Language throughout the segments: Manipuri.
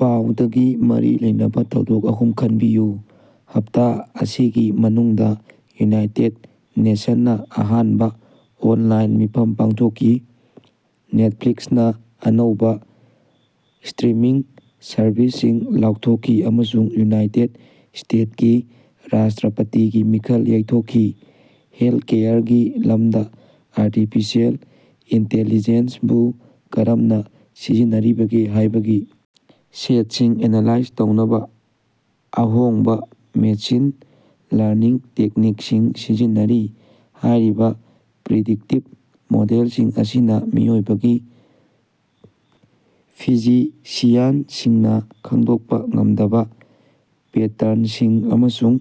ꯄꯥꯎꯗꯒꯤ ꯃꯔꯤ ꯂꯩꯅꯕꯥ ꯊꯧꯗꯣꯛ ꯑꯍꯨꯝ ꯈꯟꯅꯕꯤꯌꯨ꯫ ꯍꯞꯇꯥ ꯑꯁꯤꯒꯤ ꯃꯅꯨꯡꯗꯥ ꯌꯨꯅꯥꯏꯇꯦꯗ ꯅꯦꯁꯟꯅꯥ ꯑꯍꯥꯟꯕꯥ ꯑꯣꯅꯂꯥꯏꯟ ꯃꯤꯐꯝ ꯄꯥꯡꯊꯣꯛꯈꯤ, ꯅꯦꯠꯐ꯭ꯂꯤꯛꯁꯅꯥ ꯑꯅꯧꯕꯥ ꯁ꯭ꯠꯔꯤꯃꯤꯡ ꯁꯔꯚꯤꯁꯁꯤꯡ ꯂꯥꯎꯊꯣꯛꯈꯤ, ꯑꯃꯁꯨꯡ ꯌꯨꯅꯥꯠꯇꯦ ꯁ꯭ꯇꯦꯛꯁꯀꯤ ꯔꯥꯁ꯭ꯇꯔꯄꯇꯤꯒꯤ ꯃꯤꯈꯜ ꯌꯩꯊꯣꯛꯈꯤ꯫ ꯍꯦꯜꯊꯀꯦꯌꯔꯒꯤ ꯂꯝꯗꯥ ꯑꯔꯇꯤꯐꯤꯁꯦꯜ ꯏꯟꯇꯦꯜꯂꯤꯖꯦꯟꯕꯨ ꯀꯔꯝꯅꯥ ꯁꯤꯖꯤꯟꯅꯔꯤꯕꯒꯦ ꯍꯥꯏꯕꯒꯤ ꯁꯦꯠꯁꯤꯡ ꯑꯦꯅꯥꯂꯥꯏꯖ ꯇꯧꯅꯕꯥ ꯑꯍꯣꯡꯕꯥ ꯃꯦꯁꯤꯟ ꯂꯔꯅꯤꯡ ꯇꯦꯛꯅꯤꯛꯁꯤꯡ ꯁꯤꯖꯤꯟꯅꯔꯤ꯫ ꯍꯥꯏꯔꯤꯕꯥ ꯄ꯭ꯔꯤꯗꯤꯛꯇꯤꯚ ꯃꯣꯗꯦꯜꯁꯤꯡ ꯑꯁꯤꯅꯥ ꯃꯤꯑꯣꯏꯕꯒꯤ ꯐꯤꯖꯤꯁꯤꯌꯟꯁꯤꯡꯅꯥ ꯈꯪꯗꯣꯛꯄꯥ ꯉꯝꯗꯕꯥ ꯄꯦꯇꯔꯅꯁꯤꯡ ꯑꯃꯁꯨꯡ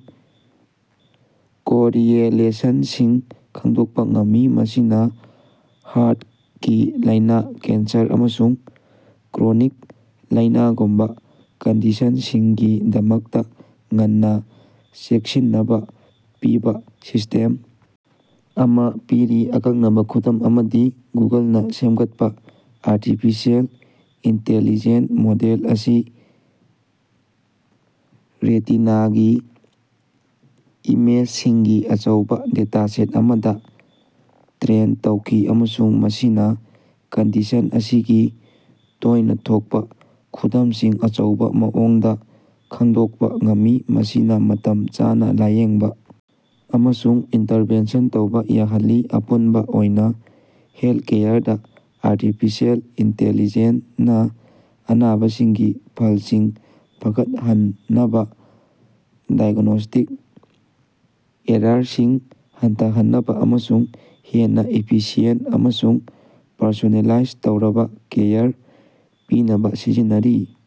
ꯀꯣꯔꯤꯑꯦꯂꯦꯁꯟꯁꯤꯡ ꯈꯪꯗꯣꯛꯄꯥ ꯉꯝꯃꯤ, ꯃꯁꯤꯅꯥ ꯍꯥꯔꯇꯀꯤ ꯂꯥꯏꯅꯥ, ꯀꯦꯟꯁꯔ, ꯑꯃꯁꯨꯡ ꯀ꯭ꯔꯣꯅꯤꯛ ꯂꯥꯏꯅꯥꯒꯨꯝꯕ ꯀꯟꯗꯤꯁꯟꯁꯤꯡꯒꯤꯗꯃꯛꯇꯥ ꯉꯟꯅꯥ ꯆꯦꯛꯁꯤꯟꯅꯕ ꯄꯤꯕꯥ ꯁꯤꯁ꯭ꯇꯦꯝ ꯑꯃꯥ ꯄꯤꯔꯤ꯫ ꯑꯀꯛꯅꯕꯥ ꯈꯨꯗꯝ ꯑꯃꯗꯤ ꯒꯨꯒꯜꯅꯥ ꯁꯦꯝꯒꯠꯄꯥ ꯑꯔꯇꯤꯐꯤꯁꯦꯜ ꯏꯟꯇꯦꯜꯂꯤꯖꯦꯟ ꯃꯣꯗꯦꯜ ꯑꯁꯤ ꯔꯦꯇꯤꯅꯥꯒꯤ ꯏꯃꯦꯖꯁꯤꯡꯒꯤ ꯑꯆꯧꯕꯥ ꯗꯦꯇꯥꯁꯦꯠ ꯑꯃꯗꯥ ꯇ꯭ꯔꯦꯟ ꯇꯧꯈꯤ ꯑꯃꯁꯨꯡ ꯃꯁꯤꯅꯥ ꯀꯟꯗꯤꯁꯟ ꯑꯁꯤꯒꯤ ꯇꯣꯏꯅꯥ ꯊꯣꯛꯄꯥ ꯈꯨꯗꯝꯁꯤꯡ ꯑꯆꯧꯕꯥ ꯃꯑꯣꯡꯗꯥ ꯈꯪꯗꯣꯛꯄꯥ ꯉꯝꯃꯤ, ꯃꯁꯤꯅꯥ ꯃꯇꯝ ꯆꯥꯅꯥ ꯂꯥꯌꯦꯡꯕꯥ ꯑꯃꯁꯨꯡ ꯏꯟꯇꯔꯚꯦꯟꯁꯟ ꯇꯧꯕ ꯌꯥꯍꯜꯂꯤ꯫ ꯑꯄꯨꯟꯕꯥ ꯑꯣꯏꯅꯥ, ꯍꯦꯜꯊꯀꯦꯌꯔꯗꯥ ꯑꯔꯇꯤꯐꯤꯁꯦꯜ ꯏꯟꯇꯦꯜꯂꯤꯖꯦꯟꯅꯥ ꯑꯅꯥꯕꯁꯤꯡꯒꯤ ꯐꯂꯁꯤꯡ ꯐꯒꯠꯍꯟꯅꯕꯥ, ꯗꯥꯏꯒ꯭ꯅꯣꯁ꯭ꯇꯤꯛ ꯑꯦꯔꯥꯔꯁꯤꯡ ꯍꯟꯊꯍꯟꯅꯕꯥ ꯑꯃꯁꯨꯡ ꯍꯦꯟꯅꯥ ꯏꯐꯤꯁꯤꯌꯦꯟꯇ ꯑꯃꯁꯨꯡ ꯄꯔꯁꯣꯅꯦꯂꯥꯏꯖ ꯇꯧꯔꯕꯥ ꯀꯦꯌꯔ ꯄꯤꯅꯕꯥ ꯁꯤꯖꯤꯟꯅꯔꯤ꯫